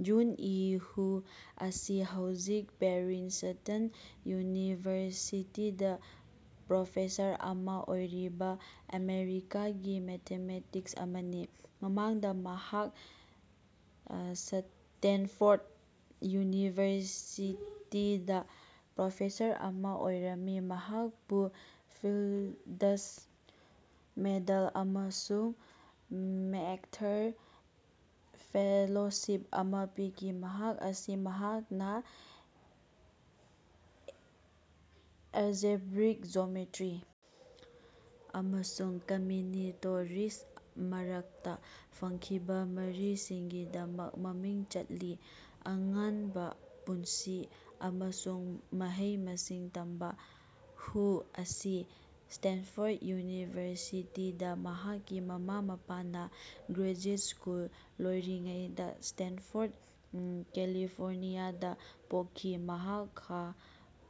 June E Huh ꯑꯁꯤ ꯍꯧꯖꯤꯛ Princeton ꯌꯨꯅꯤꯚꯔꯁꯤꯇꯤꯗꯥ professor ꯑꯃ ꯑꯣꯏꯔꯤꯕ ꯑꯃꯦꯔꯤꯀꯥꯒꯤ ꯃꯦꯊꯦꯃꯦꯇꯤꯁ ꯑꯃꯅꯤ꯫ ꯃꯃꯥꯡꯗ ꯃꯍꯥꯛ ꯁꯇꯦꯟꯐꯣꯔꯠ ꯌꯨꯅꯤꯚꯔꯁꯤꯇꯤꯗꯥ ꯄ꯭ꯔꯣꯐꯦꯁꯔ ꯑꯃ ꯑꯣꯏꯔꯝꯃꯤ꯫ ꯃꯍꯥꯛꯄꯨ ꯐꯤꯜꯗꯁ ꯃꯦꯗꯜ ꯑꯃꯁꯨꯡ ꯃꯦꯛꯑꯥꯔꯊꯔ ꯐꯦꯂꯣꯁꯤꯞ ꯑꯃ ꯄꯤꯈꯤ꯫ ꯃꯍꯥꯛ ꯑꯁꯤ ꯃꯍꯥꯛꯅ ꯑꯦꯖꯤꯕꯔꯥꯏꯛ ꯖꯣꯃꯤꯇ꯭ꯔꯤ ꯑꯃꯁꯨꯡ ꯀꯝꯃꯤꯅꯤꯇꯣꯔꯤꯛꯁ ꯃꯔꯛꯇ ꯐꯪꯈꯤꯕ ꯃꯔꯤꯁꯤꯡꯒꯤꯗꯃꯛ ꯃꯃꯤꯡ ꯆꯠꯂꯤ꯫ ꯑꯉꯟꯕ ꯄꯨꯟꯁꯤ ꯑꯃꯁꯨꯡ ꯃꯍꯩ-ꯃꯁꯤꯡ ꯇꯝꯕ ꯍꯨ ꯑꯁꯤ ꯁ꯭ꯇꯦꯟꯐꯣꯔꯠ ꯌꯨꯅꯤꯚꯔꯁꯤꯇꯤꯗꯥ ꯃꯍꯥꯛꯀꯤ ꯃꯃꯥ-ꯃꯄꯥꯅ ꯒ꯭ꯔꯦꯖꯨꯑꯦꯠ ꯁ꯭ꯀꯨꯜ ꯂꯣꯏꯔꯤꯉꯩꯗ ꯁ꯭ꯇꯦꯟꯐꯣꯔꯠ, ꯀꯦꯂꯤꯐꯣꯔꯅꯤꯌꯥꯗ ꯄꯣꯛꯈꯤ꯫ ꯃꯍꯥꯛ ꯈꯥ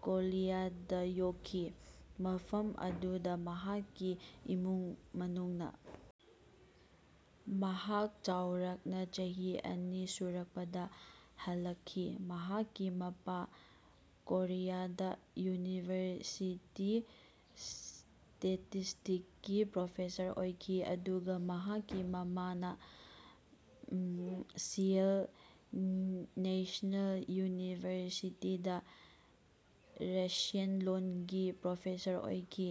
ꯀꯣꯔꯤꯌꯥꯗ ꯌꯣꯛꯈꯤ, ꯃꯐꯝ ꯑꯗꯨꯗ ꯃꯍꯥꯛꯀꯤ ꯏꯃꯨꯡ ꯃꯅꯨꯡꯅ ꯃꯍꯥꯛ ꯆꯥꯎꯔꯥꯛꯅ ꯆꯍꯤ ꯑꯅꯤ ꯁꯨꯔꯛꯄꯗ ꯍꯜꯂꯛꯈꯤ꯫ ꯃꯍꯥꯛꯀꯤ ꯃꯄꯥ ꯀꯣꯔꯤꯌꯥ ꯌꯨꯅꯤꯚꯔꯁꯤꯇꯤ ꯁ꯭ꯇꯦꯇꯤꯁꯇꯤꯛꯁ ꯄ꯭ꯔꯣꯐꯦꯁꯔ ꯑꯣꯏꯈꯤ, ꯑꯗꯨꯒ ꯃꯍꯥꯛꯀꯤ ꯃꯃꯥꯅ ꯁꯤꯑꯣꯜ ꯅꯦꯁꯅꯦꯜ ꯌꯨꯅꯤꯚꯔꯁꯤꯇꯤꯗꯥ ꯔꯁꯤꯌꯟ ꯂꯣꯟꯒꯤ ꯄ꯭ꯔꯣꯐꯦꯁꯔ ꯑꯣꯏꯈꯤ꯫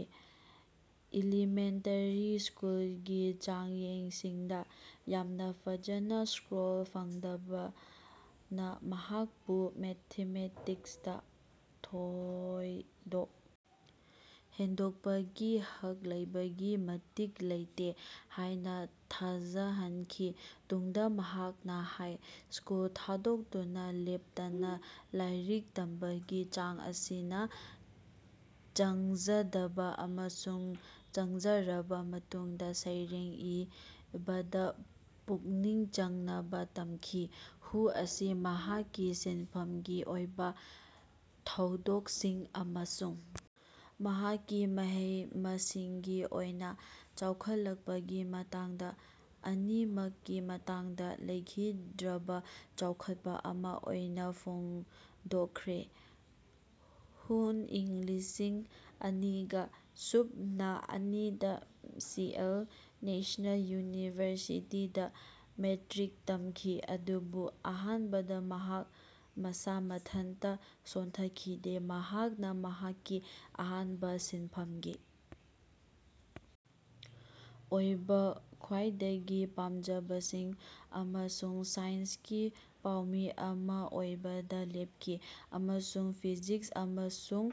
ꯏꯂꯤꯃꯦꯟꯇꯔꯤ ꯁ꯭ꯀꯨꯜꯒꯤ ꯆꯥꯡꯌꯦꯡꯁꯤꯡꯗ ꯌꯥꯝꯅ ꯐꯖꯅ ꯁ꯭ꯀꯣꯔ ꯐꯪꯗꯕꯅ ꯃꯍꯥꯛꯄꯨ ꯃꯦꯊꯥꯃꯦꯇꯤꯛꯁꯇ ꯊꯣꯏꯗꯣꯛ ꯍꯦꯟꯗꯣꯛꯄꯒꯤ ꯍꯛ ꯂꯩꯕꯒꯤ ꯃꯇꯤꯛ ꯂꯩꯇꯦ ꯍꯥꯏꯅ ꯊꯥꯖꯍꯟꯈꯤ꯫ ꯇꯨꯡꯗ ꯃꯍꯥꯛꯅ ꯍꯥꯏ ꯁ꯭ꯀꯨꯜ ꯊꯥꯗꯣꯛꯇꯨꯅ ꯂꯦꯞꯇꯅ ꯂꯥꯏꯔꯤꯛ ꯇꯝꯕꯒꯤ ꯆꯥꯡ ꯑꯁꯤꯅ ꯆꯪꯖꯗꯕ ꯑꯃꯁꯨꯡ ꯆꯪꯖꯔꯕ ꯃꯇꯨꯡꯗ ꯁꯩꯔꯦꯡ ꯏꯕꯗ ꯄꯨꯛꯅꯤꯡ ꯆꯪꯅꯕ ꯇꯝꯈꯤ꯫ ꯍꯨ ꯑꯁꯤ ꯃꯍꯥꯛꯀꯤ ꯁꯤꯟꯐꯝꯒꯤ ꯑꯣꯏꯕ ꯊꯧꯗꯣꯛꯁꯤꯡ ꯑꯃꯁꯨꯡ ꯃꯍꯥꯛꯀꯤ ꯃꯍꯩ-ꯃꯁꯤꯡꯒꯤ ꯑꯣꯏꯅ ꯆꯥꯎꯈꯠꯂꯛꯄꯒꯤ ꯃꯇꯥꯡꯗ ꯑꯅꯤꯃꯛꯀꯤ ꯃꯇꯥꯡꯗ, ꯂꯩꯈꯤꯗ꯭ꯔꯕ ꯆꯥꯎꯈꯠꯄ ꯑꯃ ꯑꯣꯏꯅ ꯐꯣꯡꯗꯣꯛꯈ꯭ꯔꯦ꯫ ꯍꯨꯅ ꯏꯪ ꯂꯤꯁꯤꯡ ꯑꯅꯤꯒꯥ ꯁꯨꯞꯅꯥ ꯑꯅꯤꯗ ꯁꯤꯑꯣꯜ ꯅꯦꯁꯅꯦꯜ ꯌꯨꯅꯤꯚꯔꯁꯤꯇꯤꯗꯥ ꯃꯦꯇ꯭ꯔꯤꯛ ꯇꯝꯈꯤ, ꯑꯗꯨꯕꯨ ꯑꯍꯥꯟꯕꯗ ꯃꯍꯥꯛ ꯃꯁꯥ ꯃꯊꯟꯇ ꯁꯣꯟꯊꯈꯤꯗꯦ꯫ ꯃꯍꯥꯛꯅ ꯃꯍꯥꯛꯀꯤ ꯑꯍꯥꯟꯕ ꯁꯤꯟꯐꯝꯒꯤ ꯑꯣꯏꯕ ꯈ꯭ꯋꯥꯏꯗꯒꯤ ꯄꯥꯝꯖꯕꯁꯤꯡ ꯑꯗꯨ ꯁꯥꯏꯟ꯭ꯁꯀꯤ ꯄꯥꯎꯃꯤ ꯑꯃ ꯑꯣꯏꯕꯗ ꯂꯦꯞꯈꯤ ꯑꯃꯁꯨꯡ ꯐꯤꯖꯤꯛꯁ ꯑꯃꯁꯨꯡ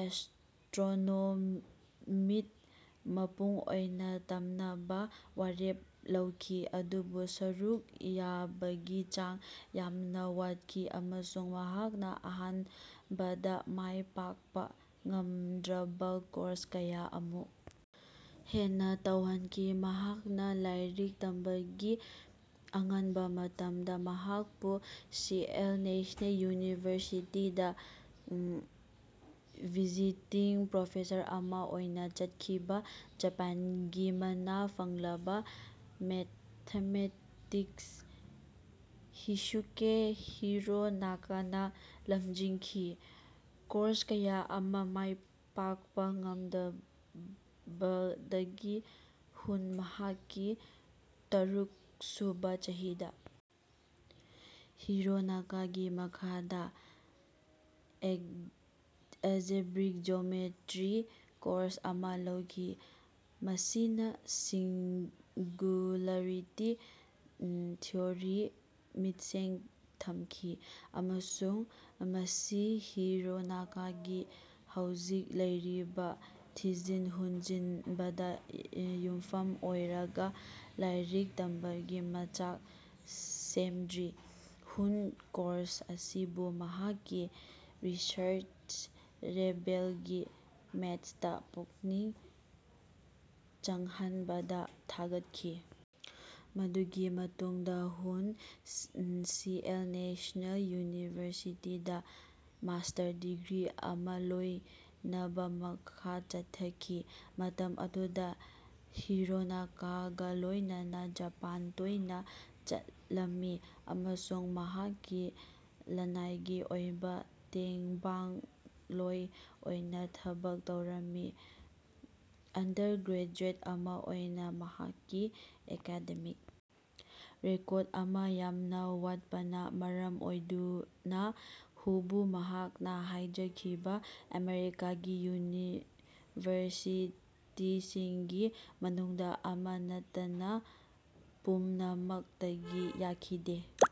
ꯑꯦꯁꯇ꯭ꯔꯣꯅꯣꯃꯤꯗ ꯃꯄꯨꯡ ꯑꯣꯏꯅ ꯇꯝꯅꯕ ꯋꯥꯔꯦꯞ ꯂꯧꯈꯤ, ꯑꯗꯨꯕꯨ ꯁꯔꯨꯛ ꯌꯥꯕꯒꯤ ꯆꯥꯡ ꯌꯥꯝꯅ ꯋꯥꯠꯈꯤ ꯑꯃꯁꯨꯡ ꯃꯍꯥꯛꯅ ꯑꯍꯥꯟꯕꯗ ꯃꯥꯏ ꯄꯥꯛꯄ ꯉꯝꯗ꯭ꯔꯕ ꯀꯣꯔꯁ ꯀꯌꯥ ꯑꯃꯨꯛ ꯍꯟꯅ ꯇꯧꯍꯟꯈꯤ꯫ ꯃꯍꯥꯛꯅ ꯂꯥꯏꯔꯤꯛ ꯇꯝꯕꯒꯤ ꯑꯉꯟꯕ ꯃꯇꯝꯗ ꯃꯍꯥꯛꯄꯨ ꯁꯤꯑꯣꯜ ꯅꯦꯁꯅꯦꯜ ꯌꯨꯅꯤꯚꯔꯁꯤꯇꯤꯗ ꯚꯤꯖꯤꯇꯤꯡ ꯄ꯭ꯔꯣꯐꯦꯁꯔ ꯑꯃ ꯑꯣꯏꯅ ꯆꯠꯈꯤꯕ, ꯖꯄꯥꯟꯒꯤ ꯃꯅꯥ ꯐꯪꯂꯕ ꯃꯦꯊꯥꯃꯦꯇꯤꯛꯁ ꯍꯤꯁꯨꯀꯦ ꯍꯤꯔꯣꯅꯥꯀꯥꯅ ꯂꯝꯖꯤꯡꯈꯤ꯫ ꯀꯣꯔꯁ ꯀꯌꯥ ꯑꯃ ꯃꯥꯏ ꯄꯥꯛꯄ ꯉꯝꯗꯕꯗꯒꯤ ꯍꯨꯅ ꯃꯍꯥꯛꯀꯤ ꯇꯔꯨꯛꯁꯨꯕ ꯆꯍꯤꯗ ꯍꯤꯔꯣꯅꯥꯀꯒꯤ ꯃꯈꯥꯗ ꯑꯦꯖꯤꯕ꯭ꯔꯥꯏꯛ ꯖꯣꯃꯤꯇ꯭ꯔꯤ ꯀꯣꯔꯁ ꯑꯃ ꯂꯧꯈꯤ, ꯃꯁꯤꯅ ꯁꯤꯡꯒꯨꯂꯔꯤꯇꯤ ꯊꯤꯑꯣꯔꯤ ꯃꯤꯠꯌꯦꯡ ꯊꯝꯈꯤ ꯑꯃꯁꯨꯡ ꯃꯁꯤ ꯍꯤꯔꯣꯅꯥꯀꯥꯒꯤ ꯍꯧꯖꯤꯛ ꯂꯩꯔꯤꯕ ꯊꯤꯖꯤꯟ-ꯍꯨꯝꯖꯤꯟꯕꯗ ꯌꯨꯝꯐꯝ ꯑꯣꯏꯔꯒ ꯂꯥꯏꯔꯤꯛ ꯇꯝꯕꯒꯤ ꯃꯆꯥꯛ ꯁꯦꯝꯗ꯭ꯔꯤ꯫ ꯍꯨꯅ ꯀꯣꯔꯁ ꯑꯁꯤꯕꯨ ꯃꯍꯥꯛꯀꯤ ꯔꯤꯁꯔ꯭ꯆ-ꯂꯦꯕꯦꯜꯒꯤ ꯃꯦꯠꯇ ꯄꯨꯛꯅꯤꯡ ꯆꯪꯍꯟꯕꯗ ꯊꯥꯒꯠꯈꯤ꯫ ꯃꯗꯨꯒꯤ ꯃꯇꯨꯡꯗ ꯍꯨꯅ ꯁꯤꯑꯣꯜ ꯅꯦꯁꯅꯦꯜ ꯌꯨꯅꯤꯚꯔꯁꯤꯇꯤꯗ ꯃꯥꯁꯇꯔ ꯗꯤꯒ꯭ꯔꯤ ꯑꯃ ꯂꯣꯏꯅꯕ ꯃꯈꯥ ꯆꯠꯊꯈꯤ, ꯃꯇꯝ ꯑꯗꯨꯗ ꯍꯤꯔꯣꯅꯥꯀꯥꯒ ꯂꯣꯏꯅꯅꯥ ꯖꯄꯥꯟꯗ ꯇꯣꯏꯅ ꯆꯠꯂꯝꯃꯤ ꯑꯃꯁꯨꯡ ꯃꯍꯥꯛꯀꯤ ꯂꯅꯥꯏꯒꯤ ꯑꯣꯏꯕ ꯇꯦꯡꯕꯥꯡꯂꯣꯏ ꯑꯣꯏꯅ ꯊꯕꯛ ꯇꯧꯔꯝꯃꯤ꯫ ꯑꯟꯗꯔ ꯒ꯭ꯔꯦꯖꯨꯑꯦꯠ ꯑꯃ ꯑꯣꯏꯅ ꯃꯍꯥꯛꯀꯤ ꯑꯦꯀꯥꯗꯃꯤꯛ ꯔꯦꯀꯣꯔꯠ ꯑꯗꯨ ꯌꯥꯝꯅ ꯋꯥꯠꯄꯅ ꯃꯔꯝ ꯑꯣꯏꯗꯨꯅ ꯍꯨꯕꯨ ꯃꯍꯥꯛꯅ ꯍꯥꯏꯖꯈꯤꯕ ꯑꯃꯦꯔꯤꯀꯥꯒꯤ ꯌꯨꯅꯤꯚꯔꯁꯤꯇꯤꯁꯤꯡꯒꯤ ꯃꯅꯨꯡꯗ ꯑꯃ ꯅꯠꯇꯅ ꯄꯨꯝꯅꯃꯛꯇꯒꯤ ꯌꯥꯈꯤꯗꯦ꯫